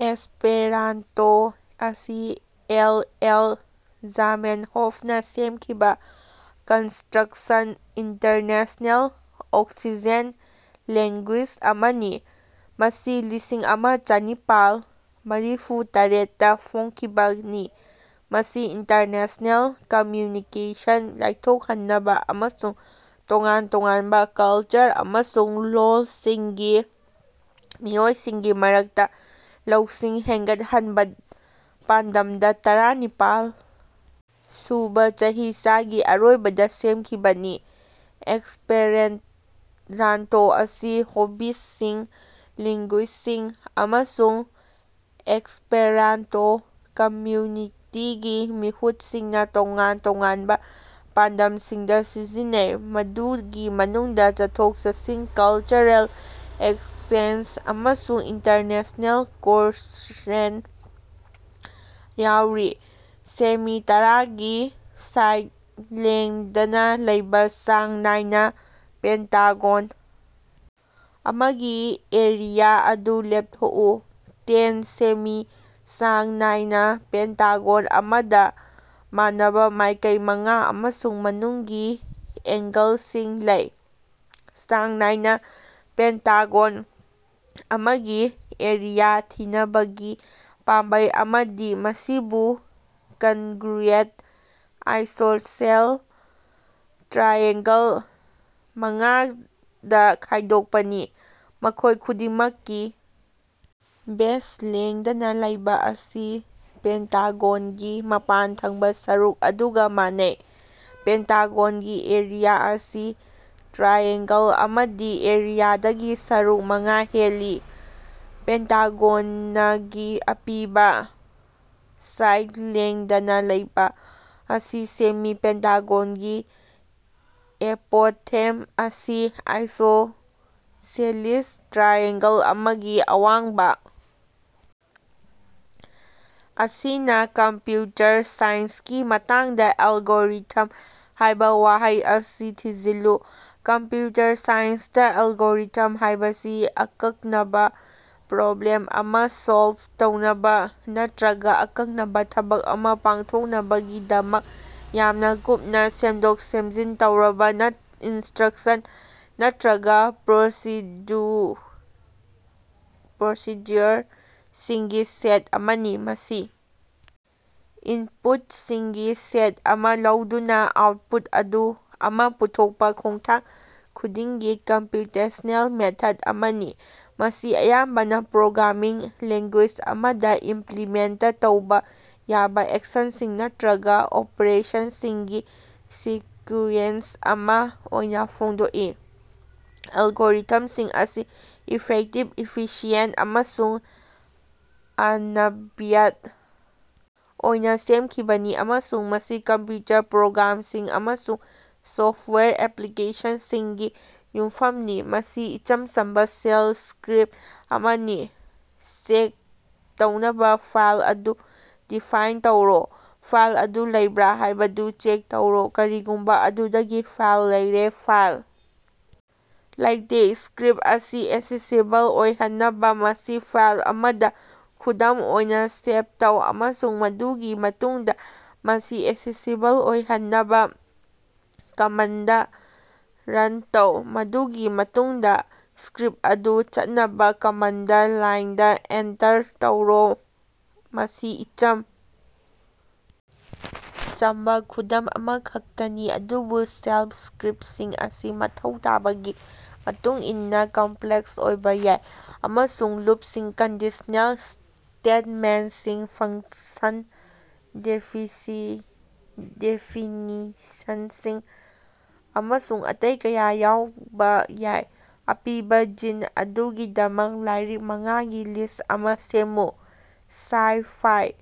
Esperanto ꯑꯁꯤ L. L. ꯖꯥꯃꯦꯟꯍꯣꯐꯅ ꯁꯦꯝꯈꯤꯕ ꯀꯟꯁꯇ꯭ꯔꯛꯁꯟ ꯏꯟꯇꯔꯅꯦꯁꯅꯦꯜ ꯑꯣꯛꯁꯤꯖꯦꯟ ꯂꯦꯡꯒꯨ꯭ꯏꯖ ꯑꯃꯅꯤ, ꯃꯁꯤ ꯂꯤꯁꯤꯡꯑꯃ ꯆꯥꯅꯤꯄꯥꯜ ꯃꯔꯤꯐꯨꯇꯔꯦꯠ ꯇ ꯐꯣꯡꯈꯤꯕꯅꯤ, ꯃꯁꯤ ꯏꯟꯇꯔꯅꯦꯁꯅꯦꯜ ꯀꯝꯃ꯭ꯌꯨꯅꯤꯀꯦꯁꯟ ꯂꯥꯏꯊꯣꯛꯍꯟꯅꯕ ꯑꯃꯁꯨꯡ ꯇꯣꯉꯥꯟ ꯇꯣꯉꯥꯟꯕ ꯀꯜꯆꯔ ꯑꯃꯁꯨꯡ ꯂꯣꯜꯁꯤꯡꯒꯤ ꯃꯤꯑꯣꯏꯁꯤꯡꯒꯤ ꯃꯔꯛꯇ ꯂꯧꯁꯤꯡ ꯍꯦꯟꯒꯠꯍꯟꯅꯕ ꯄꯥꯟꯗꯝꯗ ꯇꯔꯥꯅꯤꯄꯥꯜ ꯁꯨꯕ ꯆꯍꯤꯆꯒꯤ ꯑꯔꯣꯏꯕꯗ ꯁꯦꯝꯈꯤꯕꯅꯤ꯫ ꯑꯦꯁꯄꯦꯔꯥꯟꯇꯣ ꯑꯁꯤ ꯍꯣꯕꯤꯁꯁꯤꯡ, ꯂꯤꯡꯒꯨꯏꯖꯁꯤꯡ ꯑꯃꯁꯨꯡ ꯑꯦꯁꯄꯦꯔꯥꯟꯇꯣ ꯀꯝꯃ꯭ꯌꯨꯅꯤꯇꯤꯒꯤ ꯃꯤꯍꯨꯠꯁꯤꯡꯅ ꯇꯣꯉꯥꯟ ꯇꯣꯉꯥꯟꯕ ꯄꯥꯟꯗꯝꯁꯤꯡꯗ ꯁꯤꯖꯤꯟꯅꯩ, ꯃꯗꯨꯒꯤ ꯃꯅꯨꯡꯗ ꯆꯠꯊꯣꯛ-ꯆꯠꯁꯤꯟ, ꯀꯜꯆꯔꯦꯜ ꯑꯦꯛꯁꯆꯦꯟꯖ, ꯑꯃꯁꯨꯡ ꯏꯟꯇꯔꯅꯦꯁꯅꯦꯜ ꯀꯣꯔꯁꯔꯦꯟꯁ ꯌꯥꯎꯔꯤ꯫ ꯁꯦꯃꯤ ꯇꯔꯥꯒꯤ ꯁꯥꯏꯗ ꯂꯦꯡꯗꯅ ꯂꯩꯕ ꯆꯥꯡ ꯅꯥꯏꯅ ꯄꯦꯟꯇꯥꯒꯣꯟ ꯑꯃꯒꯤ ꯑꯦꯔꯤꯌꯥ ꯑꯗꯨ ꯂꯦꯞꯊꯣꯛꯎ꯫ ꯇꯦꯟ ꯁꯦꯃꯤ ꯆꯥꯡ ꯅꯥꯏꯅ ꯄꯦꯟꯇꯥꯒꯣꯟ ꯑꯃꯗ ꯃꯥꯟꯅꯕ ꯃꯥꯏꯀꯩ ꯃꯉꯥ ꯑꯃꯁꯨꯡ ꯃꯅꯨꯡꯒꯤ ꯑꯦꯡꯒꯜꯁꯤꯡ ꯂꯩ꯫ ꯆꯥꯡ ꯅꯥꯏꯅ ꯄꯦꯟꯇꯥꯒꯣꯟ ꯑꯃꯒꯤ ꯑꯦꯔꯤꯌꯥ ꯊꯤꯅꯕꯒꯤ ꯄꯥꯝꯕꯩ ꯑꯃꯗꯤ ꯃꯁꯤꯕꯨ ꯀꯟꯒ꯭ꯔꯨꯌꯦꯟꯠ ꯑꯥꯏꯁꯣꯁꯦꯜ ꯇ꯭ꯔꯥꯏꯑꯦꯡꯒꯜ ꯃꯉꯥꯗ ꯈꯥꯏꯗꯣꯛꯄꯅꯤ, ꯃꯈꯣꯏ ꯈꯨꯗꯤꯡꯃꯛꯀꯤ ꯕꯦꯖ ꯂꯦꯡꯗꯅ ꯂꯩꯕ ꯑꯁꯤ ꯄꯦꯟꯇꯥꯒꯣꯟꯒꯤ ꯃꯄꯥꯟ ꯊꯪꯕ ꯁꯔꯨꯛ ꯑꯗꯨꯒ ꯃꯥꯟꯅꯩ꯫ ꯄꯦꯟꯇꯥꯒꯣꯟꯒꯤ ꯑꯦꯔꯤꯌꯥ ꯑꯁꯤ ꯇ꯭ꯔꯥꯏꯑꯦꯡꯒꯜ ꯑꯃꯒꯤ ꯑꯦꯔꯤꯌꯥꯗꯒꯤ ꯁꯔꯨꯛ ꯃꯉꯥ ꯍꯦꯜꯂꯤ꯫ ꯄꯦꯟꯇꯥꯒꯣꯅꯒꯤ ꯑꯄꯤꯕ ꯁꯥꯏꯗ ꯂꯦꯡꯗꯅ ꯂꯩꯕ ꯑꯁꯤ ꯁꯦꯃꯤ ꯄꯦꯟꯇꯥꯒꯣꯟꯒꯤ ꯑꯦꯄꯣꯊꯦꯝ ꯑꯁꯤ ꯑꯥꯏꯁꯣꯁꯦꯂꯤꯁ ꯇ꯭ꯔꯥꯏꯑꯦꯡꯒꯜ ꯑꯃꯒꯤ ꯑꯋꯥꯡꯕ ꯑꯁꯤꯅꯤ꯫ ꯀꯝꯄ꯭ꯌꯨꯇꯔ ꯁꯥꯏꯟꯁꯀꯤ ꯃꯇꯥꯡꯗ "ꯑꯦꯜꯒꯣꯔꯤꯊꯝ" ꯍꯥꯏꯕ ꯋꯥꯍꯩ ꯑꯁꯤ ꯊꯤꯖꯤꯜꯂꯨ꯫ ꯀꯝꯄ꯭ꯌꯨꯇꯔ ꯁꯥꯏꯟꯁꯇ, ꯑꯦꯜꯒꯣꯔꯤꯊꯝ ꯍꯥꯏꯕꯁꯤ ꯑꯀꯛꯅꯕ ꯄ꯭ꯔꯣꯕ꯭ꯂꯦꯝ ꯑꯃ ꯁꯣꯜꯕ ꯇꯧꯅꯕ ꯅꯠꯇ꯭ꯔꯒ ꯑꯀꯛꯅꯕ ꯊꯕꯛ ꯑꯃ ꯄꯥꯡꯊꯣꯛꯅꯕꯒꯤꯗꯃꯛ ꯌꯥꯝꯅ ꯀꯨꯞꯅ ꯁꯦꯝꯗꯣꯛ-ꯁꯦꯝꯖꯤꯟ ꯇꯧꯔꯕ ꯏꯟꯁꯇ꯭ꯔꯛꯁꯟ ꯅꯠꯇ꯭ꯔꯒ ꯄ꯭ꯔꯣꯁꯤꯗ꯭ꯌꯨꯑꯣꯔꯁꯤꯡꯒꯤ ꯁꯦꯠ ꯑꯃꯅꯤ꯫ ꯃꯁꯤ ꯏꯟꯄꯨꯠꯁꯤꯡꯒꯤ ꯁꯦꯠ ꯑꯃ ꯂꯧꯗꯨꯅ ꯑꯥꯎꯠꯄꯨꯠ ꯑꯃ ꯄꯨꯊꯣꯛꯄ ꯈꯣꯡꯊꯥꯡ ꯈꯨꯗꯤꯡꯒꯤ ꯀꯝꯄ꯭ꯌꯨꯇꯦꯁꯅꯦꯜ ꯃꯦꯊꯗ ꯑꯃꯅꯤ, ꯃꯁꯤ ꯑꯌꯥꯝꯕꯅ ꯄ꯭ꯔꯣꯒ꯭ꯔꯥꯃꯤꯡ ꯂꯦꯡꯒꯨ꯭ꯏꯖ ꯑꯃꯗ ꯏꯝꯄ꯭ꯂꯤꯃꯦꯟꯇ ꯇꯧꯕ ꯌꯥꯕ ꯑꯦꯛꯁꯟꯁꯤꯡ ꯅꯠꯇ꯭ꯔꯒ ꯑꯣꯄꯔꯦꯁꯟꯁꯤꯡꯒꯤ ꯁꯤꯀꯨ꯭ꯌꯦꯟꯁ ꯑꯃ ꯑꯣꯏꯅ ꯐꯣꯡꯗꯣꯛꯏ꯫ ꯑꯦꯜꯒꯣꯔꯤꯊꯝꯁꯤꯡ ꯑꯁꯤ ꯏꯐꯦꯛꯇꯤꯕ, ꯏꯐꯤꯁꯤꯌꯦꯟꯠ ꯑꯃꯁꯨꯡ ꯑꯅꯝꯕꯤꯒ꯭ꯌ ꯑꯣꯏꯅ ꯁꯦꯝꯈꯤꯕꯅꯤ ꯑꯃꯁꯨꯡ ꯃꯁꯤ ꯀꯝꯄ꯭ꯌꯨꯇꯔ ꯄ꯭ꯔꯣꯒ꯭ꯔꯥꯝꯁꯤꯡ ꯑꯃꯁꯨꯡ ꯁꯣꯐꯋꯦꯌꯔ ꯑꯦꯄ꯭ꯂꯤꯀꯦꯁꯟꯁꯤꯡꯒꯤ ꯌꯨꯝꯐꯝꯅꯤ꯫ ꯃꯁꯤ ꯏꯆꯝ ꯆꯝꯕ ꯁꯦꯜ ꯁ꯭ꯀꯔꯤꯞ ꯑꯃꯅꯤ꯫ ꯆꯦꯛ ꯇꯧꯅꯕ ꯐꯥꯏꯜ ꯑꯗꯨ ꯗꯤꯐꯥꯏꯟ ꯇꯧꯔꯣ꯫ ꯐꯥꯏꯜ ꯑꯗꯨ ꯂꯩꯕ꯭ꯔꯥ ꯍꯥꯏꯕꯗꯨ ꯆꯦꯛ ꯇꯧꯔꯣ ꯀꯔꯤꯒꯨꯝꯕ ꯑꯗꯨꯗꯒꯤ ꯐꯥꯏꯜ ꯂꯩꯔꯦ꯫ ꯐꯥꯏꯜ ꯂꯩꯇꯦ ꯁ꯭ꯀꯔꯤꯞ ꯑꯁꯤ ꯑꯦꯛꯁꯦꯁꯤꯕꯜ ꯑꯣꯏꯍꯟꯅꯕ, ꯃꯁꯤ ꯐꯥꯏꯜ ꯑꯃꯗ (ꯈꯨꯗꯝ ꯑꯣꯏꯅꯥ ) ꯁꯦꯚ ꯇꯧ ꯑꯃꯁꯨꯡ ꯃꯗꯨꯒꯤ ꯃꯇꯨꯡꯗ ꯃꯁꯤ ꯑꯦꯛꯁꯦꯁꯤꯕꯜ ꯑꯣꯏꯍꯟꯅꯕ, ꯀꯃꯥꯟꯗ ꯔꯟ ꯇꯧ, ꯃꯗꯨꯒꯤ ꯃꯇꯨꯡꯗꯥ ꯁ꯭ꯀꯔꯤꯞ ꯑꯗꯨ ꯆꯠꯅꯕ ꯀꯃꯥꯟꯗ ꯂꯥꯏꯟꯗ ꯑꯦꯟꯇꯔ ꯇꯧꯔꯣ ꯃꯁꯤ ꯏꯆꯝ ꯆꯝꯕ ꯈꯨꯗꯝ ꯑꯃꯈꯛꯇꯅꯤ ꯑꯗꯨꯕꯨ ꯁꯦꯜꯂ ꯁ꯭ꯀꯔꯤꯞꯁꯤꯡ ꯑꯁꯤ ꯃꯊꯧ ꯇꯥꯕꯒꯤ ꯃꯇꯨꯡꯏꯟꯅ ꯀꯝꯄ꯭ꯂꯦꯛꯁ ꯑꯣꯏꯕ ꯌꯥꯏ, ꯑꯃꯁꯨꯡ ꯂꯨꯞꯁꯤꯡ, ꯀꯟꯗꯤꯁꯅꯦꯜ ꯁ꯭ꯇꯦꯠꯃꯦꯟꯠꯁꯤꯡ, ꯐꯪꯁꯟ ꯗꯦꯐꯤꯅꯤꯁꯟꯁꯤꯡ ꯑꯃꯁꯨꯡ ꯑꯇꯩ ꯀꯌꯥ ꯌꯥꯎꯕ ꯌꯥꯏ꯫ ꯑꯄꯤꯕ ꯖꯤꯟ ꯑꯗꯨꯒꯤꯗꯃꯛ ꯂꯥꯏꯔꯤꯛ ꯃꯉꯥ ꯒꯤ ꯂꯤꯁ ꯑꯃ ꯁꯦꯝꯃꯨ꯫ ꯁꯥꯏ-ꯐꯥꯏ: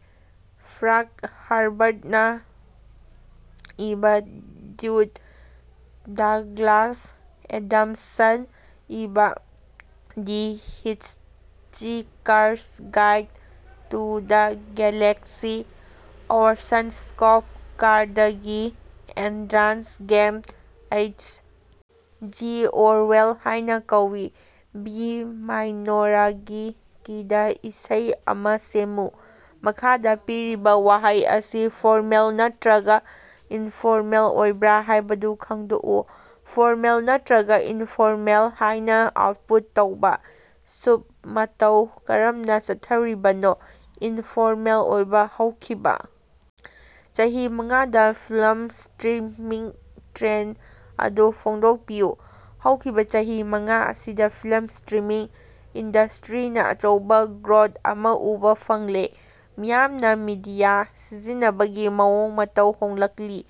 ꯐ꯭ꯔꯥꯡꯛ ꯍꯔꯕꯔꯠꯅ ꯏꯕ "ꯗ꯭ꯌꯨꯟ", ꯗꯒ꯭ꯂꯁ ꯑꯦꯗꯝꯁꯅ ꯏꯕ "the Hitchhiker's Guide to the Galaxy", Orson Scott ꯀꯥꯔꯗꯀꯤ "Ender's Game", H. G Orwell ꯍꯥꯏꯅ ꯀꯧꯏ꯫ ꯕꯤ ꯃꯥꯏꯅꯣꯔꯒꯤ ꯀꯤꯗ ꯏꯁꯩ ꯑꯃ ꯁꯦꯝꯃꯨ꯫ ꯃꯈꯥꯗ ꯄꯤꯔꯤꯕꯥ ꯋꯥꯍꯩ ꯑꯁꯤ ꯐꯣꯔꯃꯦꯜ ꯅꯠꯇ꯭ꯔꯒ ꯏꯟꯐꯣꯔꯃꯦꯜ ꯑꯣꯏꯕ꯭ꯔꯥ ꯍꯥꯏꯕꯗꯨ ꯈꯪꯗꯣꯛꯎ꯫ "ꯐꯣꯔꯃꯦꯜ" ꯅꯠꯇ꯭ꯔꯒ "ꯏꯅꯐꯣꯔꯃꯦꯜ" ꯍꯥꯏꯅ ꯑꯥꯎꯠꯄꯨꯠ ꯇꯧꯕ꯫ ꯁꯨꯞ, ꯃꯇꯧ ꯀꯔꯝꯅ ꯆꯠꯊꯔꯤꯕꯅꯣ? ꯏꯟꯐꯣꯔꯃꯦꯜ ꯑꯣꯏꯕ꯫ ꯍꯧꯈꯤꯕ ꯆꯍꯤ ꯃꯉꯥꯗ ꯐꯤꯜꯝ ꯁ꯭ꯇꯔꯤꯃꯤꯡ ꯇ꯭ꯔꯦꯟꯗ ꯑꯗꯨ ꯐꯣꯡꯗꯣꯛꯄꯤꯌꯨ꯫ ꯍꯧꯈꯤꯕ ꯆꯍꯤ ꯃꯉꯥ ꯑꯁꯤꯗ ꯐꯤꯜꯝ ꯁ꯭ꯇꯔꯤꯃꯤꯡ ꯏꯟꯗꯁꯇꯔꯤꯅ ꯑꯆꯧꯕ ꯒ꯭ꯔꯣꯊ ꯑꯃ ꯎꯕ ꯐꯪꯂꯦ, ꯃꯤꯌꯥꯝꯅ ꯃꯤꯗꯤꯌꯥ ꯁꯤꯖꯤꯟꯅꯕꯒꯤ ꯃꯑꯣꯡ ꯃꯇꯧ ꯍꯣꯡꯂꯛꯂꯤ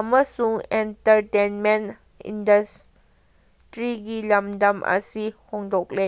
ꯑꯃꯁꯨꯡ ꯑꯦꯟꯇꯔꯇꯦꯟꯃꯦꯟꯠ ꯏꯟꯗꯁ꯭ꯠꯔꯤꯒꯤ ꯂꯝꯗꯝ ꯑꯁꯤ ꯍꯣꯡꯗꯣꯛꯂꯦ꯫